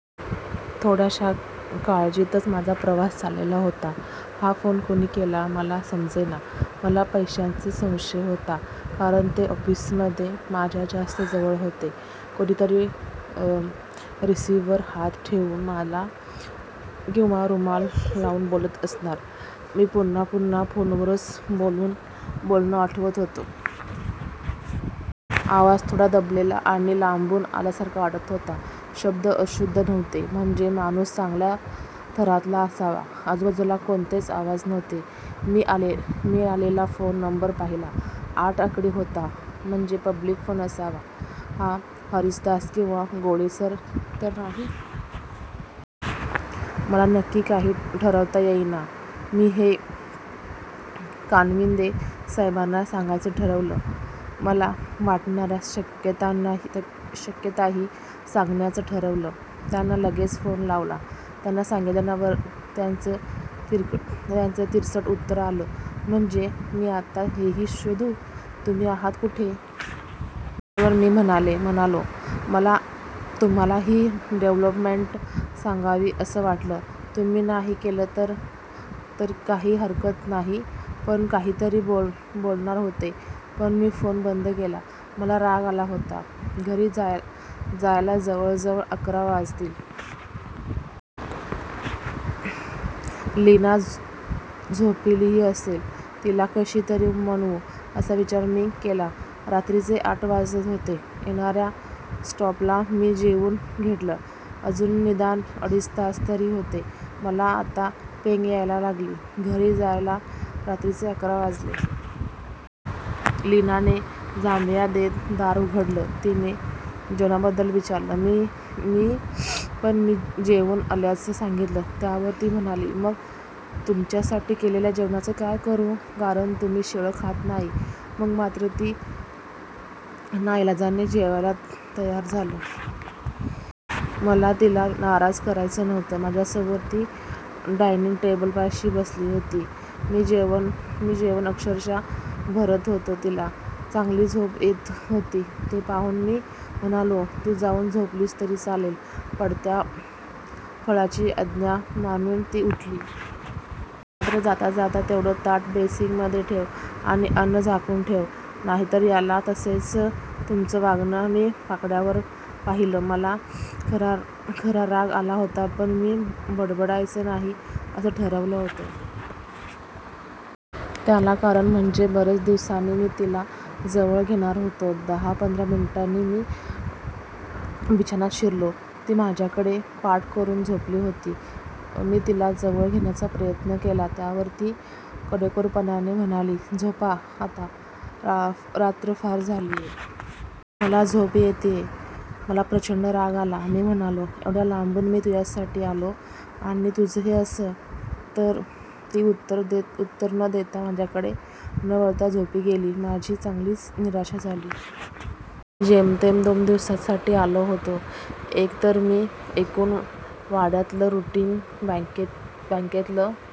थोड्याशा काळजीतच माझा प्रवास चालला होता. हा फोन कोणी केला, मला समजेना. मला पैंशंचा संशय होता. कारण ते ऑफिसमध्ये माझ्या जास्त जवळ होते. कोणीतरी रिसिव्हरवर हात ठेवून किंवा रुमाल लावून बोलत असणार. मी पुन्हा पुन्हा फोनवरचं बोलणं आठवत होतो. आवाज थोडा दबलेला आणि लांबून आल्यासारखा वाटत होता. शब्द अशुद्ध नव्हते. म्हणजे माणूस चांगल्या थरातला असावा. आजूबाजूला कोणतेच आवाज नव्हते. मी आलेला फोन नंबर पाहिला. आठ आकडी होता. म्हणजे पब्लिक फोन असावा. हा हरिदास, किंवा गोळे तर नाही? मला नक्की काही ठरवता येईना. मी हे कानविंदे साहेबांना सांगायचं ठरवलं. मला वाटणाऱ्या शक्यताही सांंगण्याचं ठरवलं. त्यांना लगेचच फोन लावला. त्यांना सांगितल्यावर त्यांचं तिरसट उत्तर आलं. " म्हणजे मी आता हेही शोधू.?, तुम्ही आहात कुठे? " त्यावर मी म्हणालो," मला तुम्हाला ही डेव्हलपमेंट सांगावी असं वाटलं. तुम्ही नाही काही केलंत तरी हरकत नाही". ते काहीतरी बोलणार होते. पण मी फोन बंद केला. मला राग आला होता.घरी जायला जवळजवळ अकरा वाजतील. लीना झोपलीही असेल. तिला कशी तरी मनवू. असा विचार मी केला. रात्रीचे आठ वाजत होते. येणाऱ्या स्टॉपला मी जेवून घेतलं. अजून निदान अडीच तास तरी होते. मला आता पेंग यायला लागली. घरी जायला रात्रीचे अकरा वाजले. लीनाने जांभया देत दार उघडलं. तिनी जेवणाबद्दल विचारलं. पण मी जेऊन आल्याचं सांगितलं. त्यावर ती म्हणाली," मग तुमच्यासाठी केलेल्या जेवणाचं काय करु? कारण तुम्ही शिळं खात नाही". मग मात्र मी नाईलाजाने जेवायला तयार झालो. मला तिला नाराज करायचं नव्हतं. माझ्यासमोर ती डायनिंग टेबलापाशी बसली होती. मी जेवण अक्षरशः भरत होतो. तिला चांगलीच झोप येत होती. ते पाहून मी म्हणालो," तू जाऊन झोपलीस तरी चालेल. " पडत्या फळाची आज्ञा मानून ती उठली. मात्र जाता जाता," तेवढं ताट बेसिन मधे ठेवा आणि अन्न झाकून उठा. नाही तर याल तसेच. तुमचं वागणं मी वाड्यावर पाहिलंय. " मला खरा राग आला होता, पण मी भडकायचं नाही असं ठरवलं होतं. त्याला कारण म्हणजे बरेच दिवसांनी मी तिला जवळ घेणार होतो. दहा पंधरा मिनिटांनी मी बिछान्यात शिरलो. ती माझ्या कडे पाठ करून झोपली होती. मी तिला जवळ घ्यायचा प्रयत्न केला त्यावर ती कोरडेपणानी म्हणाली," झोपा आता, रात्र फार झालिये. मला झोप येतीये " मला प्रचंड राग आला. मी म्हंटले " एवढ्या लांबून मी तुझ्या साठी आलो. आणि तुझं हे असं " ती उत्तर न देता आणि माझ्याकडे न वळता झोपी गेली. माझी चांगलीच निराशा झाली. मी जेमतेम दोन दिवसांसाठी आलो होतो. एक तर मी एकूण वाड्यातलं रुटीन, बॅंकेतलं